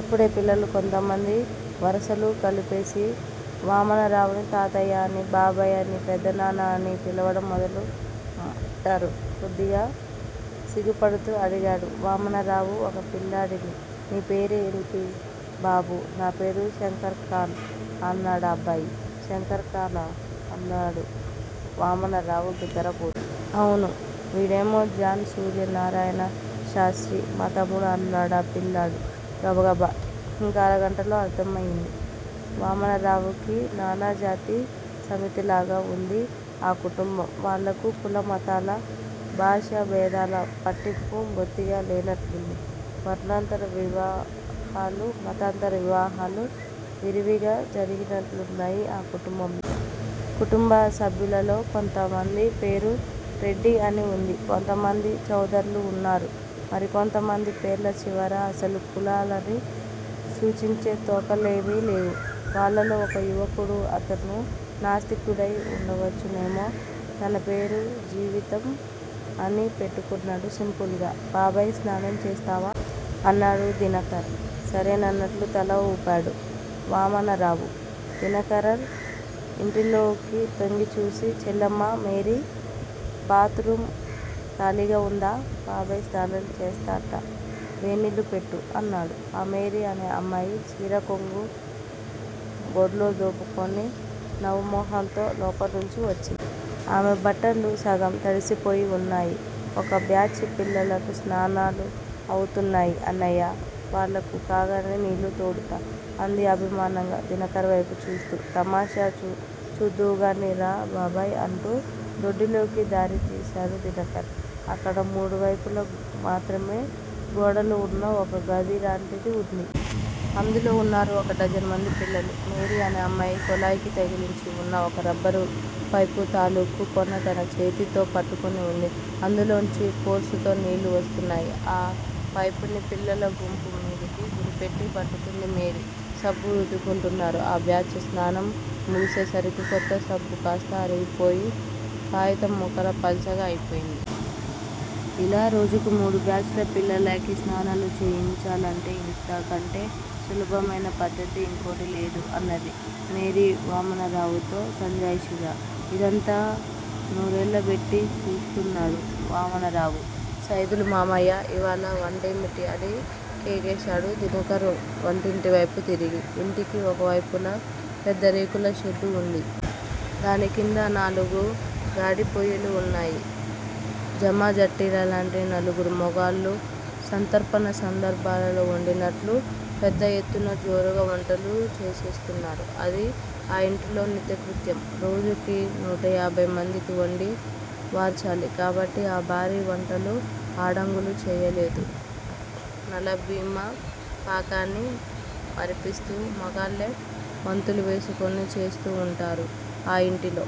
అప్పుడే పిల్లలు కొంతమంది వరసలు కలిపేసి వామనరావుని తాతయ్యాఅనీ, బాబాయ్ అని, పెదనాన్న అనీ పిలవడం మొదులులెట్టారు. కొద్దిగా సిగ్గుపడుతూ అడిగాడు వామనరావు ఒక పిల్లాడిని. నీ పేరేంటి బాబూ? నా పేరు శంకర్ ఖాన్! అన్నాడా అబ్బాయి. శంకర్ ఖానా? అన్నాడు వామనరావు బిత్తరపో. అవును! వీడేమో జాన్ సూర్యనారాయణ శాస్త్రి! మా తమ్ముడు అన్నాడా పిల్లాడు గబగబ. ఇంక అరగంటలో అర్ధమయింది వామనరావుకి నానాజాతి సమితిలాగా వుంది ఆ కుటుంబం! వాళ్ళకు కుల మతాల, భాషా భేదాల పట్టింపు బొత్తిగా లేనట్లుంది. వర్ణాంతర వివాహాలు, మతాంతర వివాహాలు విరివిగా జరిగినట్లున్నాయి ఆ కుటుంబం! కుటుంబ సభ్యులలో కొంతమంది పేరు రెడ్డి అని వుంది. కొంతమంది చౌదర్లు వున్నారు. మరికొంతమంది పేర్ల చివర అసలు కులాలని సూచించే తోకలేమీ లేవు. వాళ్ళలో ఒక యువకుడు, అతను నాస్తికుడై ఉండవచ్చునేమో, తన పేరు 'జీవితం' అని పెట్టుకున్నాడు సింపుల్ గా! బాబాయ్ స్నానం చేస్తావా? అన్నాడు దినకర్. సరేనన్నట్లు తల వూపాడు వామనరావు. దినకర్ ఇంటిలోకి తొంగిచూసి చెల్లెమ్మా! మేరీ! బాత్ రూం ఖాళీగా వుందా? బాబాయ్ స్నానం చేస్తాట్ట! వేన్నీళ్ళు పెట్టు? అన్నాడు. ఆ మేరీ అనే అమ్మాయి చీర కొంగు బొడ్లో దోపుకుని నవ్వు మొహంతో లోపల్నుంచి వచ్చి. ఆమె బట్టలు సగం తడిసిపోయి వున్నాయి. ఒక బ్యాచ్ పిల్లలకు స్నానాలు అవుతున్నాయి అన్నయ్యా? వాళ్ళకు కాగానే నీళ్ళు తోడుతా! అంది అభిమానంగా దినకర్ వైపు చూస్తూ. తమాషా చూద్దువుగాని రా బాబాయ్! అంటూ దొడ్డిలోకి దారి తీశాడు దినకర్. అక్కడ మూడు వైపుల మాత్రమే గోడలు వున్న ఒక గదిలాంటిది వుంది. అందులో ఉన్నారు ఒక డజనుమంది పిల్లలు. మేరీ అనే అమ్మాయి కొళాయికి తగిలించివున్న ఒక రబ్బరు పైపు తాలూకు కొన తన చేతితో పట్టుకొని వుంది. అందులోనుంచి ఫోర్సుతో నీళ్ళు వస్తున్నాయి. ఆ పైపుని పిల్లల గుంపు మీదికి గురిపెట్టి పట్టుకుంది మేరీ. సబ్బు రుద్దుకుంటున్నారు ఆ బ్యాచ్ స్నానం ముగిసేసరికి కొత్త సబ్బు కాస్తా అరిగిపోయి కాయితం ముక్కలా పల్చగా అయిపోయింది. ఇలా రోజుకి మూడు బ్యాచ్ ల పిల్లలకి స్నానాలు చేయించాలంటే ఇంతకంటే సులభమయిన పద్దతి ఇంకోటి లేదు! అన్నది మేరీ వామనరావు తో సంజాయిషీగా. ఇదంతా నోరెళ్ళబెట్టి చూస్తున్నాడు వామనరావు. సైదులు మామయ్యా! ఇవాళ వంటేమిటి? అని కేకేశాడు దినకర్ వంటింటివైపు తిరిగి. ఇంటికి ఒక వైపున పెద్ద రేకుల షెడ్డు ఉంది. దానికింద నాలుగు గాడిపొయ్యిలు వున్నాయి. జమాజట్టీల లాంటి నలుగురు మొగాళ్ళు సంతర్పణ సందర్భాలలో వండినట్లు పెద్ద ఎత్తున జోరుగా వంటలు చేసేస్తున్నారు. అది ఆ ఇంటిలో నిత్యకృత్యం. రోజుకి నూటయాభైమందికి వండి వార్చాలి కాబట్టి ఆ భారీ వంటలు ఆడంగులు చెయ్యలేదు. నలభీమపాకాన్ని మరిపిస్తూ, మొగాళ్ళే వంతులు వేసుకుని చేస్తూ వుంటారు ఆ ఇంటిలో.